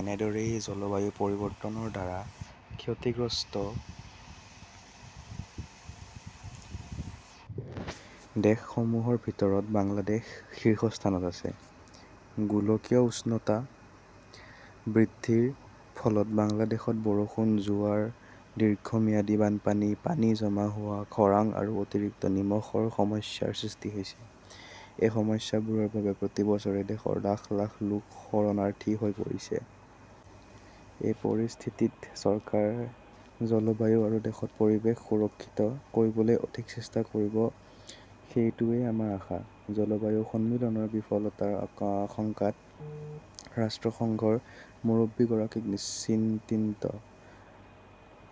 এনেদৰেই জলবায়ু পৰিৱৰ্তনৰ দ্বাৰা ক্ষতিগ্ৰস্ত দেশসমূহৰ ভিতৰত বাংলাদেশ শীৰ্ষস্থানত আছে। গোলকীয় উষ্ণতা বৃদ্ধিৰ ফলত বাংলাদেশত বৰষুণ, জোৱাৰ, দীৰ্ঘম্যাদী বানপানী, পানী জমা হোৱা, খৰাং আৰু অতিৰিক্ত নিমখৰ সমস্যাৰ সৃষ্টি হৈছে। এই সমস্যাবোৰৰ বাবে প্ৰতি বছৰে দেশৰ লাখ লাখ লোক শৰণাৰ্থী হৈ পৰিছে। এই পৰিস্থিতিত চৰকাৰে জলবায়ু আৰু দেশত পৰিৱেশ সুৰক্ষিত কৰিবলৈ অধিক চেষ্টা কৰিব-সেইটোৱেই আমাৰ আশা। জলবায়ু সন্মিলনৰ বিফলতাৰ আশংকাত ৰাষ্ট্ৰসংঘৰ মুৰব্বীগৰাকী চিন্তিত।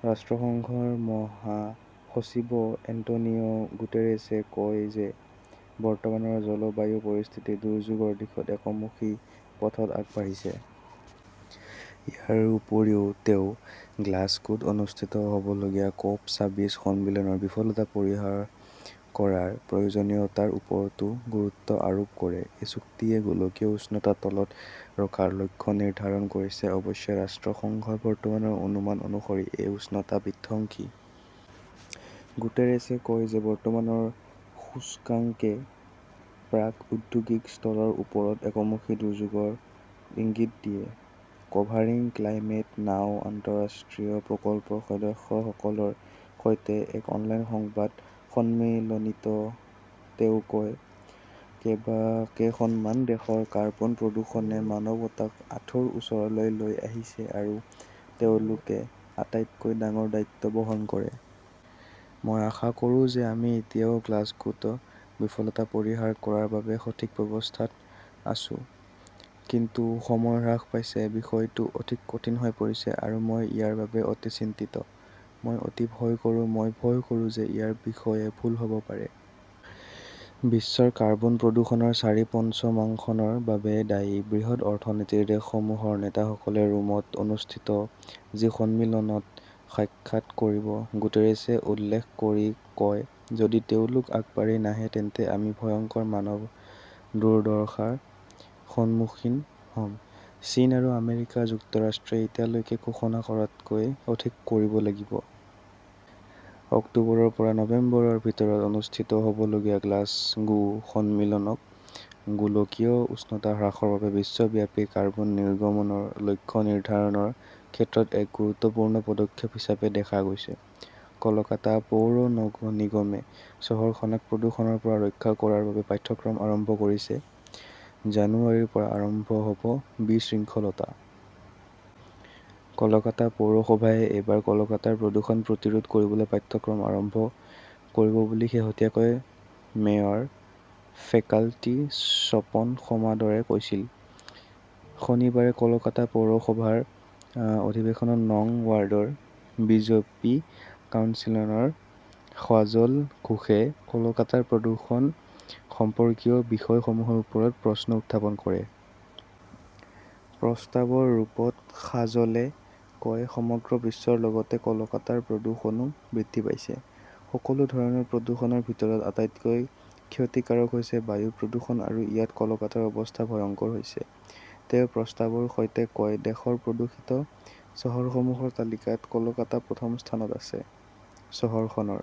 ৰাষ্ট্ৰসংঘৰ মহাসচিব এন্টোনিও গুটেৰেছে কয় যে বৰ্তমানৰ জলবায়ু পৰিস্থিতি "দুৰ্যোগৰ দিশত একমুখী পথত আগবাঢ়িছে"। ইয়াৰ উপৰিও তেওঁ গ্লাছগোত অনুষ্ঠিত হ'বলগীয়া কপ ছাবিছ সন্মিলনৰ "বিফলতা পৰিহাৰ কৰাৰ প্ৰয়োজনীয়তাৰ ওপৰতো গুৰুত্ব আৰোপ কৰে। এই চুক্তিয়ে গোলকীয় উষ্ণতা তলত ৰখাৰ লক্ষ্য নিৰ্ধাৰণ কৰিছে। অৱশ্যে, ৰাষ্ট্ৰসংঘৰ বৰ্তমানৰ অনুমান অনুসৰি এই উষ্ণতা "বিধ্বংসী" । গুটেৰেছে কয় যে বৰ্তমানৰ সূচকাংকে প্ৰাক-ঔদ্যোগিক স্তৰৰ ওপৰত একমুখী দুৰ্যোগৰ ইংগিত দিয়ে। 'কভাৰিং ক্লাইমেট নাও "আন্তঃৰাষ্ট্ৰীয় প্ৰকল্পৰ সদস্যসকলৰ সৈতে এক অনলাইন সংবাদ সন্মিলনত তেওঁ কয়,"কেইখনমান দেশৰ কাৰ্বন প্ৰদূষণে মানৱতাক আঁঠুৰ ওচৰলৈ লৈ আহিছে আৰু তেওঁলোকে আটাইতকৈ ডাঙৰ দায়িত্ব বহন কৰে। "মই আশা কৰোঁ যে আমি এতিয়াও গ্লাছগোত বিফলতা পৰিহাৰ কৰাৰ বাবে সঠিক অৱস্থাত আছো, কিন্তু সময় হ্ৰাস পাইছে, বিষয়টো অধিক কঠিন হৈ পৰিছে আৰু মই ইয়াৰ বাবে অতি চিন্তিত। মই অতি ভয় কৰোঁ, মই ভয় কৰোঁ যে ইয়াৰ বিষয়ে ভুল হ'ব পাৰে। "বিশ্বৰ কাৰ্বন প্ৰদূষণৰ চাৰি-পঞ্চমাংশৰ বাবে দায়ী বৃহৎ অৰ্থনীতিৰ দেশসমূহৰ নেতাসকলে ৰোমত অনুষ্ঠিত জি- সন্মিলনত সাক্ষাৎ কৰিব। "গুটেৰেছে উল্লেখ কৰি কয়", "যদি তেওঁলোক আগবাঢ়ি নাহে তেন্তে আমি ভয়ংকৰ মানৱ দুৰ্দশাৰ সন্মুখীন হ'ম। "চীন আৰু আমেৰিকা যুক্তৰাষ্ট্ৰই এতিয়ালৈকে ঘোষণা কৰাতকৈ অধিক কৰিব লাগিব। "অক্টোবৰৰ পৰা নৱেম্বৰৰ ভিতৰত অনুষ্ঠিত হ'বলগীয়া গ্লাছগো সন্মিলনক গোলকীয় উষ্ণতা হ্ৰাসৰ বাবে বিশ্বব্যাপী কাৰ্বন নিৰ্গমনৰ লক্ষ্য নিৰ্ধাৰণৰ ক্ষেত্ৰত এক গুৰুত্বপূৰ্ণ পদক্ষেপ হিচাপে দেখা গৈছে। কলকাতা পৌৰ নিগমে চহৰখনক প্ৰদূষণৰ পৰা ৰক্ষা কৰাৰ বাবে পাঠ্যক্ৰম আৰম্ভ কৰিছে, জানুৱাৰীৰ পৰা আৰম্ভ হ'ব বিশৃংখলতা। কলকাতা পৌৰসভাই এইবাৰ কলকাতাৰ প্ৰদূষণ প্ৰতিৰোধ কৰিবলৈ পাঠ্যক্ৰম আৰম্ভ কৰিব বুলি শেহতীয়াকৈ মেয়ৰ ফেকাল্টি স্বপন সমাদৰে কৈছিল। শনিবাৰে কলকাতা পৌৰসভাৰ অধিৱেশনত নং ৱাৰ্ডৰ বিজেপি কাউন্সিলৰ সাজল ঘোষে কলকাতাৰ প্ৰদূষণ সম্পৰ্কীয় বিষয়সমূহৰ ওপৰত প্ৰশ্ন উত্থাপন কৰে। প্ৰস্তাৱৰ ৰূপত সাজলে কয়, "সমগ্ৰ বিশ্বৰ লগতে কলকাতাৰ প্ৰদূষণো বৃদ্ধি পাইছে। সকলো ধৰণৰ প্ৰদূষণৰ ভিতৰত আটাইতকৈ ক্ষতিকাৰক হৈছে বায়ু প্ৰদূষণ, আৰু ইয়াত কলকাতাৰ অৱস্থা ভয়ংকৰ হৈছে। তেওঁ প্ৰস্তাৱৰ সৈতে কয় "দেশৰ প্ৰদূষিত চহৰসমূহৰ তালিকাত কলকাতা প্ৰথম স্থানত আছে"। চহৰখনৰ